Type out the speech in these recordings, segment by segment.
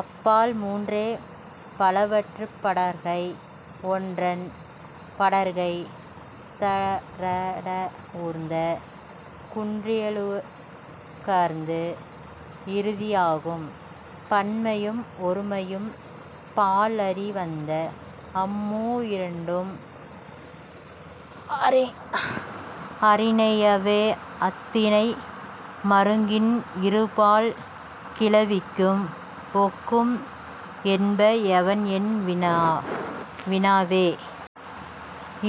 அப் பால் மூன்றே பலவற்றுப் படர்க்கை. ஒன்றன் படர்க்கை த ற ட ஊர்ந்த குன்றியலுகரத்து இறுதி ஆகும். பன்மையும் ஒருமையும் பால் அறி வந்த அம் மூ இரண்டும் அஃறிணையவ்வே. அத் திணை மருங்கின் இரு பால் கிளவிக்கும் ஒக்கும் என்ப எவன் என் வினாவே.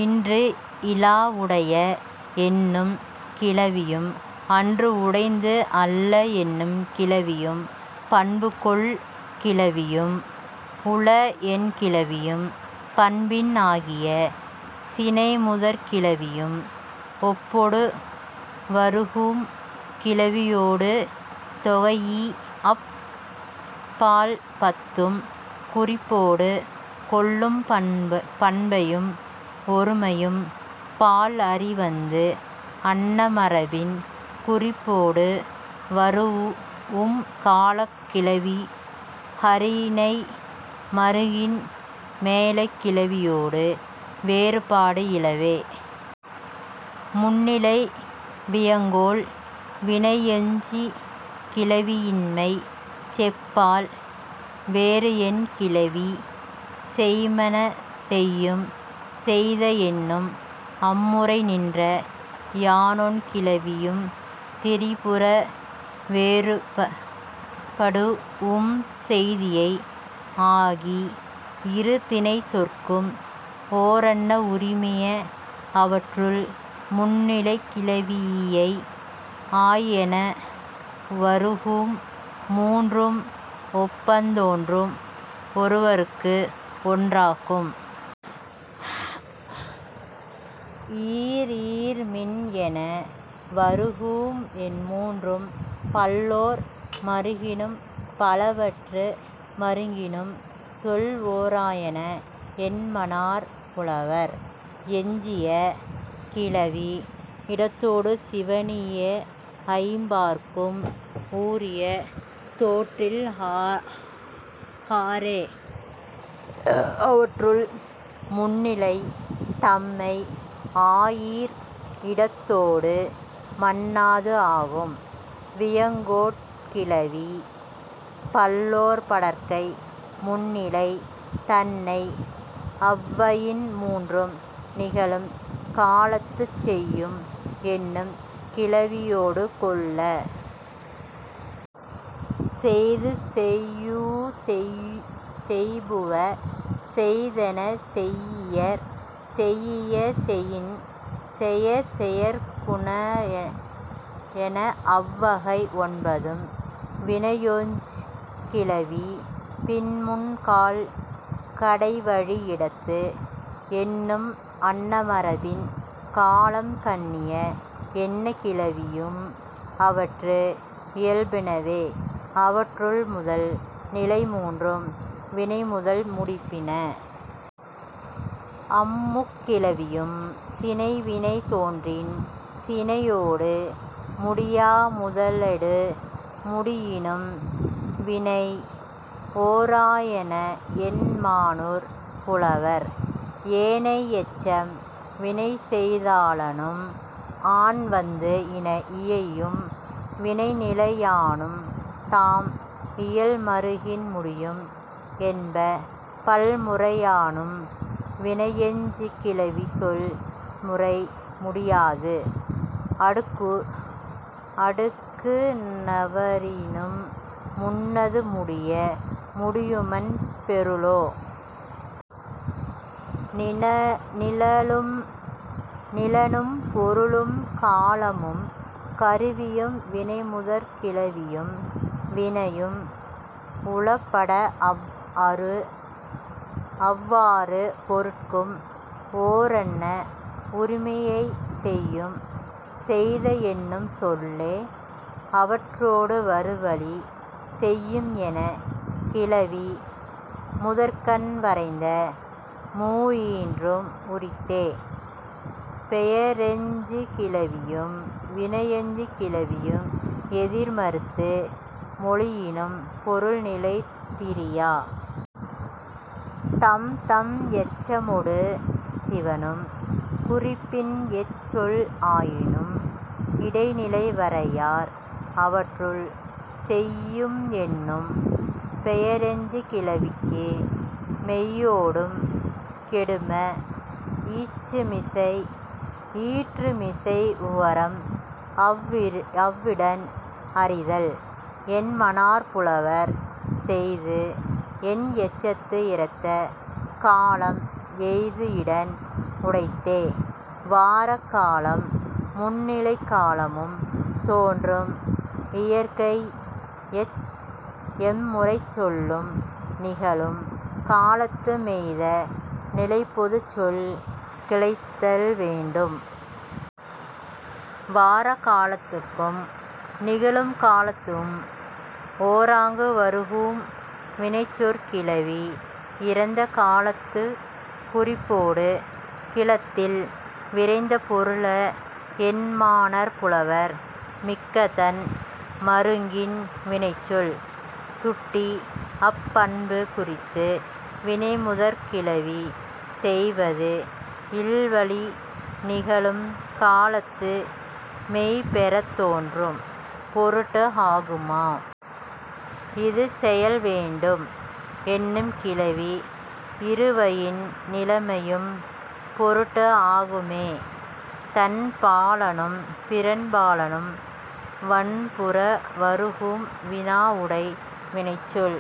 இன்று இல உடைய என்னும் கிளவியும் அன்று உடைத்து அல்ல என்னும் கிளவியும் பண்பு கொள் கிளவியும் உள என் கிளவியும் பண்பின் ஆகிய சினைமுதற் கிளவியும் ஒப்பொடு வரூஉம் கிளவியொடு தொகைஇ அப் பால் பத்தும் குறிப்பொடு கொள்ளும். பன்மையும் ஒருமையும் பால் அறி வந்த அன்ன மரபின் குறிப்பொடு வரூஉம் காலக் கிளவி அஃறிணை மருங்கின் மேலைக் கிளவியொடு வேறுபாடு இலவே. முன்னிலை வியங்கோள் வினையெஞ்சுகிளவி இன்மை செப்பல் வேறு என் கிளவி செய்ம்மன செய்யும் செய்த என்னும் அம் முறை நின்ற ஆயெண் கிளவியும் திரிபு வேறுபடூஉம் செய்திய ஆகி இரு திணைச் சொற்கும் ஓரன்ன உரிமைய. அவற்றுள், முன்னிலைக் கிளவி இ ஐ ஆய் என வரூஉம் மூன்றும் ஒப்பத் தோன்றும் ஒருவர்க்கும் ஒன்றற்கும். இர் ஈர் மின் என வரூஉம் மூன்றும் பல்லோர் மருங்கினும் பலவற்று மருங்கினும் சொல் ஓரனைய என்மனார் புலவர். எஞ்சிய கிளவி இடத்தொடு சிவணி ஐம் பாற்கும் உரிய தோன்றல் ஆறே. அவற்றுள், முன்னிலை தன்மை ஆயீர் இடத்தொடு மன்னாது ஆகும் வியங்கோட் கிளவி. பல்லோர் படர்க்கை முன்னிலை தன்மை அவ் வயின் மூன்றும் நிகழும் காலத்துச் செய்யும் என்னும் கிளவியொடு கொள்ளா. செய்து செய்யூ செய்பு செய்தென செய்யியர் செய்யிய செயின் செய செயற்கு என அவ் வகை ஒன்பதும் வினையெஞ்சுகிளவி. பின் முன் கால் கடை வழி இடத்து என்னும் அன்ன மரபின் காலம் கண்ணிய என்ன கிளவியும் அவற்று இயல்பினவே. அவற்றுள், முதல் நிலை மூன்றும் வினைமுதல் முடிபின. அம் முக் கிளவியும் சினை வினை தோன்றின் சினையொடு முடியா முதலொடு முடியினும் வினை ஓரனைய என்மனார் புலவர். ஏனை எச்சம் வினைமுதலானும் ஆன் வந்து இயையும் வினைநிலையானும் தாம் இயல் மருங்கின் முடியும் என்ப. பல் முறையானும் வினையெஞ்சுகிளவி சொல் முறை முடியாது அடுக்குந வரினும் முன்னது முடிய முடியுமன் பொருளே. நிலனும் பொருளும் காலமும் கருவியும் வினைமுதற் கிளவியும் வினையும் உளப்பட அவ் அறு பொருட்கும் ஓரன்ன உரிமைய செய்யும் செய்த என்னும் சொல்லே. அவற்றொடு வரு வழி செய்யும் என் கிளவி முதற்கண் வரைந்த மூ ஈற்றும் உரித்தே. பெயரெஞ்சுகிளவியும் வினையெஞ்சுகிளவியும் எதிர் மறுத்து மொழியினும் பொருள் நிலை திரியா. தம்தம் எச்சமொடு சிவணும் குறிப்பின் எச் சொல் ஆயினும் இடைநிலை வரையார். அவற்றுள், செய்யும் என்னும் பெயரெஞ்சுகிளவிக்கு மெய்யொடும் கெடுமே ஈற்றுமிசை உகரம் அவ் இடன் அறிதல் என்மனார் புலவர். செய்து என் எச்சத்து இறந்த காலம் எய்து இடன் உடைத்தே வாராக் காலம். முந் நிலைக் காலமும் தோன்றும் இயற்கை எம் முறைச் சொல்லும் நிகழும் காலத்து மெய்ந் நிலைப் பொதுச் சொல் கிளத்தல் வேண்டும். வாராக் காலத்தும் நிகழும் காலத்தும் ஓராங்கு வரூஉம் வினைச்சொற் கிளவி இறந்த காலத்துக் குறிப்பொடு கிளத்தல் விரைந்த பொருள என்மனார் புலவர். மிக்கதன் மருங்கின் வினைச்சொல் சுட்டி அப் பண்பு குறித்த வினைமுதற் கிளவி செய்வது இல் வழி நிகழும் காலத்து மெய் பெறத் தோன்றும் பொருட்டு ஆகும்மே. இது செயல் வேண்டும் என்னும் கிளவி இரு வயின் நிலையும் பொருட்டு ஆகும்மே தன் பாலானும் பிறன் பாலானும். வன்புற வரூஉம் வினா உடை வினைச்சொல்